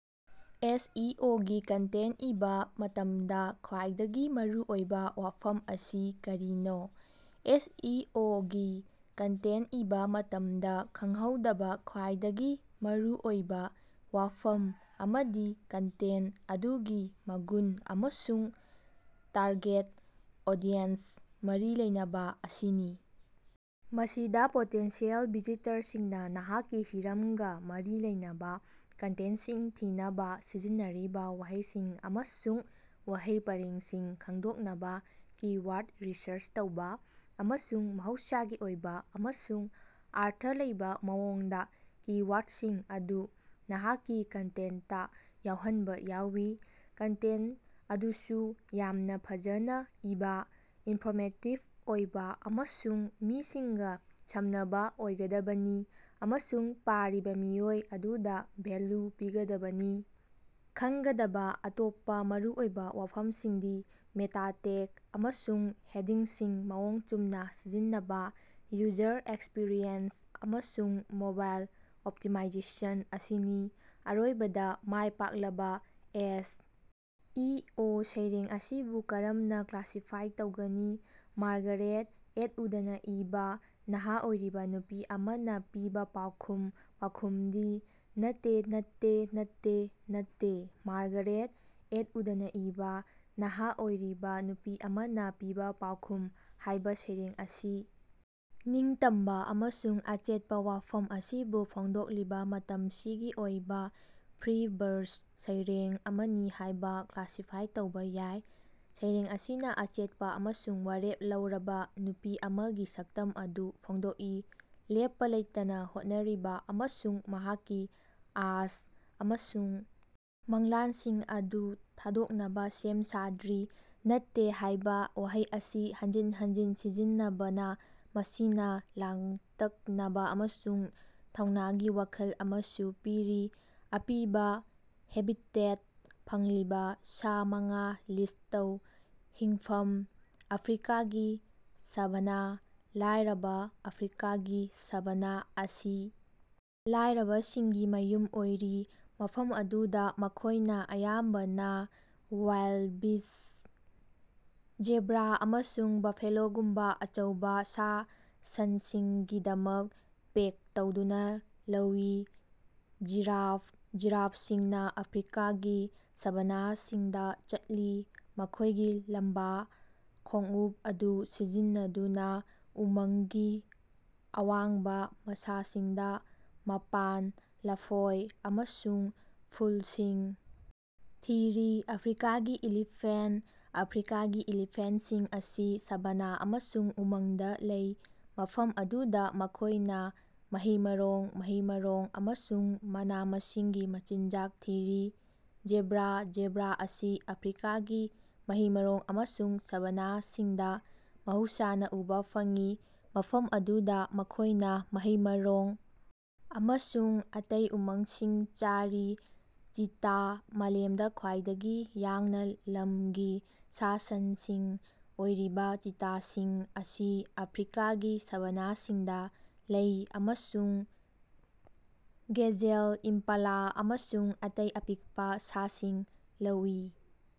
ꯑꯦꯁ. E. O. ꯒꯤ content ꯏꯕꯥ ꯃꯇꯝꯗ ꯈ꯭ꯋꯥꯏꯗꯒꯤ ꯃꯔꯨꯑꯣꯏꯕ ꯋꯥꯐꯝ ꯑꯁꯤ ꯀꯔꯤꯅꯣ? ꯑꯦꯁ. ꯏ. ꯑꯣ. ꯒꯤ ꯀꯟꯇꯦꯟꯇ ꯏꯕ ꯃꯇꯝꯗ ꯈꯟꯍꯧꯗꯕ ꯈ꯭ꯋꯥꯏꯗꯒꯤ ꯃꯔꯨꯑꯣꯏꯕ ꯋꯥꯐꯝ ꯑꯃꯗꯤ ꯀꯟꯇꯦꯟꯇ ꯑꯗꯨꯒꯤ ꯃꯒꯨꯟ ꯑꯃꯁꯨꯡ ꯇꯥꯔꯒꯦꯠ ꯑꯣꯗꯤꯌꯦꯟꯁ ꯃꯔꯤ ꯂꯩꯅꯕ ꯑꯁꯤꯅꯤ꯫ ꯃꯁꯤꯗ ꯄꯣꯇꯦꯟꯁꯤꯌꯦꯜ ꯚꯤꯖꯤꯇꯔꯁꯤꯡꯅ ꯅꯍꯥꯛꯀꯤ ꯍꯤꯔꯝꯒ ꯃꯔꯤ ꯂꯩꯅꯕ ꯀꯟꯇꯦꯟꯇꯁꯤꯡ ꯊꯤꯅꯕ ꯁꯤꯖꯤꯟꯅꯔꯤꯕ ꯋꯥꯍꯩꯁꯤꯡ ꯑꯃꯁꯨꯡ ꯋꯥꯍꯩ ꯄꯔꯦꯡꯁꯤꯡ ꯈꯪꯗꯣꯛꯅꯕ ꯀꯤ-ꯋꯥꯔꯗ ꯔꯤꯁꯔꯆ ꯇꯧꯕ, ꯑꯃꯁꯨꯡ ꯃꯍꯧꯁꯥꯒꯤ ꯑꯣꯏꯕ ꯑꯃꯁꯨꯡ ꯑꯔꯊ ꯂꯩꯕ ꯃꯑꯣꯡꯗ ꯀꯤ-ꯋꯥꯔꯗꯁꯤꯡ ꯑꯗꯨ ꯅꯍꯥꯛꯀꯤ ꯀꯟꯇꯦꯟꯇꯇꯥ ꯌꯥꯎꯍꯟꯕ ꯌꯥꯎꯏ꯫ ꯀꯟꯇꯦꯟꯇ ꯑꯗꯨꯁꯨ ꯌꯥꯝꯅ ꯐꯖꯅ ꯏꯕ, ꯏꯟꯐꯣꯔꯃꯦꯇꯤꯕ ꯑꯣꯏꯕ ꯑꯃꯁꯨꯡ ꯃꯤꯁꯤꯡꯒ ꯁꯝꯅꯕ ꯑꯣꯏꯒꯗꯕꯅꯤ ꯑꯃꯁꯨꯡ ꯄꯥꯔꯤꯕ ꯃꯤꯑꯣꯏ ꯑꯗꯨꯗ ꯚꯦꯜꯂꯨ ꯄꯤꯒꯗꯕꯅꯤ꯫ ꯈꯪꯒꯗꯕ ꯑꯇꯣꯞꯄ ꯃꯔꯨꯑꯣꯏꯕ ꯋꯥꯐꯝꯁꯤꯡꯗꯤ ꯃꯦꯇꯥ ꯇꯦꯒ ꯑꯃꯁꯨꯡ ꯍꯦꯗꯤꯡꯁꯤꯡ ꯃꯑꯣꯡ ꯆꯨꯝꯅ ꯁꯤꯖꯤꯟꯅꯕ, ꯌꯨꯖꯔ ꯑꯦꯛꯁꯄꯤꯔꯤꯑꯦꯟꯁ, ꯑꯃꯁꯨꯡ ꯃꯣꯕꯥꯏꯜ ꯑꯣꯞꯇꯤꯃꯥꯏꯖꯦꯁꯟ ꯑꯁꯤꯅꯤ꯫ ꯑꯔꯣꯏꯕꯗ, ꯃꯥꯏ ꯄꯥꯛꯂꯕ ꯑꯦꯁ. ꯏ. ꯑꯣ. ꯁꯩꯔꯦꯡ ꯑꯁꯤꯕꯨ ꯀꯔꯝꯅꯥ ꯀ꯭ꯂꯥꯁꯤꯐꯥꯏ ꯇꯧꯒꯅꯤ? ꯃꯥꯔꯒꯥꯔꯦꯠ ꯑꯦꯇꯎꯗꯅ ꯏꯕ "ꯅꯍꯥ ꯑꯣꯏꯔꯤꯕ ꯅꯨꯄꯤ ꯑꯃꯅ ꯄꯤꯕ ꯄꯥꯎꯈꯨꯝ" ꯄꯥꯎꯈꯨꯝꯗꯤ: ꯅꯠꯇꯦ, ꯅꯠꯇꯦ, ꯅꯠꯇꯦ꯫ "ꯅꯠꯇꯦ" ꯃꯥꯔꯒꯥꯔꯦꯠ ꯑꯦꯇꯎꯗꯅ ꯏꯕ "ꯅꯍꯥ ꯑꯣꯏꯔꯤꯕ ꯅꯨꯄꯤ ꯑꯃꯅ ꯄꯤꯕ ꯄꯥꯎꯈꯨꯝ" ꯍꯥꯏꯕ ꯁꯩꯔꯦꯡ ꯑꯁꯤ ꯅꯤꯡꯇꯝꯕ ꯑꯃꯁꯨꯡ ꯑꯆꯦꯠꯄ ꯋꯥꯐꯝ ꯑꯁꯤꯕꯨ ꯐꯣꯡꯗꯣꯛꯂꯤꯕ ꯃꯇꯝꯁꯤꯒꯤ ꯑꯣꯏꯕ, ꯐ꯭ꯔꯤ-ꯕꯔꯁ ꯁꯩꯔꯦꯡ ꯑꯃꯅꯤ ꯍꯥꯏꯕ ꯀ꯭ꯂꯥꯁꯤꯐꯥꯏ ꯇꯧꯕ ꯌꯥꯏ꯫ ꯁꯩꯔꯦꯡ ꯑꯁꯤꯅ ꯑꯆꯦꯠꯄ ꯑꯃꯁꯨꯡ ꯋꯥꯔꯦꯞ ꯂꯧꯔꯕ ꯅꯨꯄꯤ ꯑꯃꯒꯤ ꯁꯛꯇꯝ ꯑꯗꯨ ꯐꯣꯡꯗꯣꯛꯏ, ꯂꯦꯞꯄ ꯂꯩꯇꯅ ꯍꯣꯠꯅꯔꯤꯕ ꯑꯃꯁꯨꯡ ꯃꯍꯥꯛꯀꯤ ꯑꯥꯁ ꯑꯃꯁꯨꯡ ꯃꯪꯂꯥꯟꯁꯤꯡ ꯑꯗꯨ ꯊꯥꯗꯣꯛꯅꯕ ꯁꯦꯝ ꯁꯥꯗ꯭ꯔꯤ꯫ 'ꯅꯠꯇꯦ' ꯍꯥꯏꯕ ꯋꯥꯍꯩ ꯑꯁꯤ ꯍꯟꯖꯤꯟ ꯍꯟꯖꯤꯟ ꯁꯤꯖꯤꯟꯅꯕꯅ ꯃꯁꯤꯅ ꯂꯥꯡꯇꯛꯅꯕ ꯑꯃꯁꯨꯡ ꯊꯧꯅꯥꯒꯤ ꯋꯥꯈꯜ ꯑꯃꯁꯨ ꯄꯤꯔꯤ꯫ ꯑꯄꯤꯕ ꯍꯦꯕꯤꯇꯦꯠ ꯐꯪꯂꯤꯕ ꯁꯥ ꯃꯉꯥ ꯂꯤꯁ ꯇꯧ꯫ ꯍꯤꯡꯐꯝ: ꯑꯐ꯭ꯔꯤꯀꯥꯒꯤ ꯁꯥꯚꯥꯅꯥ꯫ ꯂꯥꯏꯔꯕ: ꯑꯐ꯭ꯔꯤꯀꯥꯒꯤ ꯁꯥꯚꯥꯅ ꯑꯁꯤ ꯂꯥꯏꯔꯕꯁꯤꯡꯒꯤ ꯃꯌꯨꯝ ꯑꯣꯏꯔꯤ, ꯃꯐꯝ ꯑꯗꯨꯗ ꯃꯈꯣꯏꯅ ꯑꯌꯥꯝꯕꯅ ꯋꯥꯏꯜꯗꯕꯤꯁ, ꯖꯦꯕ꯭ꯔꯥ, ꯑꯃꯁꯨꯡ ꯕꯐꯦꯂꯣꯒꯨꯝꯕ ꯑꯆꯧꯕ ꯁꯥ-ꯁꯟꯁꯤꯡꯒꯤꯗꯃꯛ ꯄꯦꯛ ꯇꯧꯗꯨꯅ ꯂꯧꯏ꯫ ꯖꯤꯔꯥꯐ: ꯖꯤꯔꯥꯐꯁꯤꯡꯅ ꯑꯐ꯭ꯔꯤꯀꯥꯒꯤ ꯁꯥꯚꯥꯅꯥꯁꯤꯡꯗ ꯆꯠꯂꯤ, ꯃꯈꯣꯏꯒꯤ ꯂꯝꯕ ꯈꯣꯡꯎꯞ ꯑꯗꯨ ꯁꯤꯖꯤꯟꯅꯗꯨꯅ ꯎꯃꯪꯒꯤ ꯑꯋꯥꯡꯕ ꯃꯁꯥꯁꯤꯡꯗ ꯃꯄꯥꯟ, ꯂꯐꯣꯏ ꯑꯃꯁꯨꯡ ꯐꯨꯜꯁꯤꯡ ꯊꯤꯔꯤ꯫ ꯑꯐ꯭ꯔꯤꯀꯥꯒꯤ ꯏꯂꯤꯐꯦꯟꯇ: ꯑꯐ꯭ꯔꯤꯀꯥꯒꯤ ꯏꯂꯤꯐꯦꯟꯇꯁꯤꯡ ꯑꯁꯤ ꯁꯥꯚꯥꯅꯥ ꯑꯃꯁꯨꯡ ꯎꯃꯪꯗ ꯂꯩ, ꯃꯐꯝ ꯑꯗꯨꯗ ꯃꯈꯣꯏꯅ ꯃꯍꯩ-ꯃꯔꯣꯡ, ꯃꯍꯩ-ꯃꯔꯣꯡ ꯑꯃꯁꯨꯡ ꯃꯅꯥ-ꯃꯁꯤꯡꯒꯤ ꯃꯆꯤꯟꯖꯥꯛ ꯊꯤꯔꯤ꯫ ꯖꯦꯕ꯭ꯔꯥ: ꯖꯦꯕ꯭ꯔꯥ ꯑꯁꯤ ꯑꯐ꯭ꯔꯤꯀꯥꯒꯤ ꯃꯍꯩ-ꯃꯔꯣꯡ ꯑꯃꯁꯨꯡ ꯁꯥꯚꯥꯅꯥꯁꯤꯡꯗ ꯃꯍꯧꯁꯥꯅ ꯎꯕ ꯐꯪꯏ, ꯃꯐꯝ ꯑꯗꯨꯗ ꯃꯈꯣꯏꯅ ꯃꯍꯩ-ꯃꯔꯣꯡ ꯑꯃꯁꯨꯡ ꯑꯇꯩ ꯎꯃꯪꯁꯤꯡ ꯆꯥꯔꯤ꯫ ꯆꯤꯇꯥ: ꯃꯥꯂꯦꯝꯗ ꯈ꯭ꯋꯥꯏꯗꯒꯤ ꯌꯥꯡꯅ ꯂꯝꯒꯤ ꯁꯥ-ꯁꯟꯁꯤꯡ ꯑꯣꯏꯔꯤꯕ ꯆꯤꯇꯥꯁꯤꯡ ꯑꯁꯤ ꯑꯐ꯭ꯔꯤꯀꯥꯒꯤ ꯁꯥꯚꯥꯅꯥꯁꯤꯡꯗ ꯂꯩ ꯑꯃꯁꯨꯡ ꯒꯦꯖꯦꯜ, ꯏꯝꯄꯥꯂꯥ ꯑꯃꯁꯨꯡ ꯑꯇꯩ ꯑꯄꯤꯛꯄꯥ ꯁꯥꯁꯤꯡ ꯂꯧꯏ꯫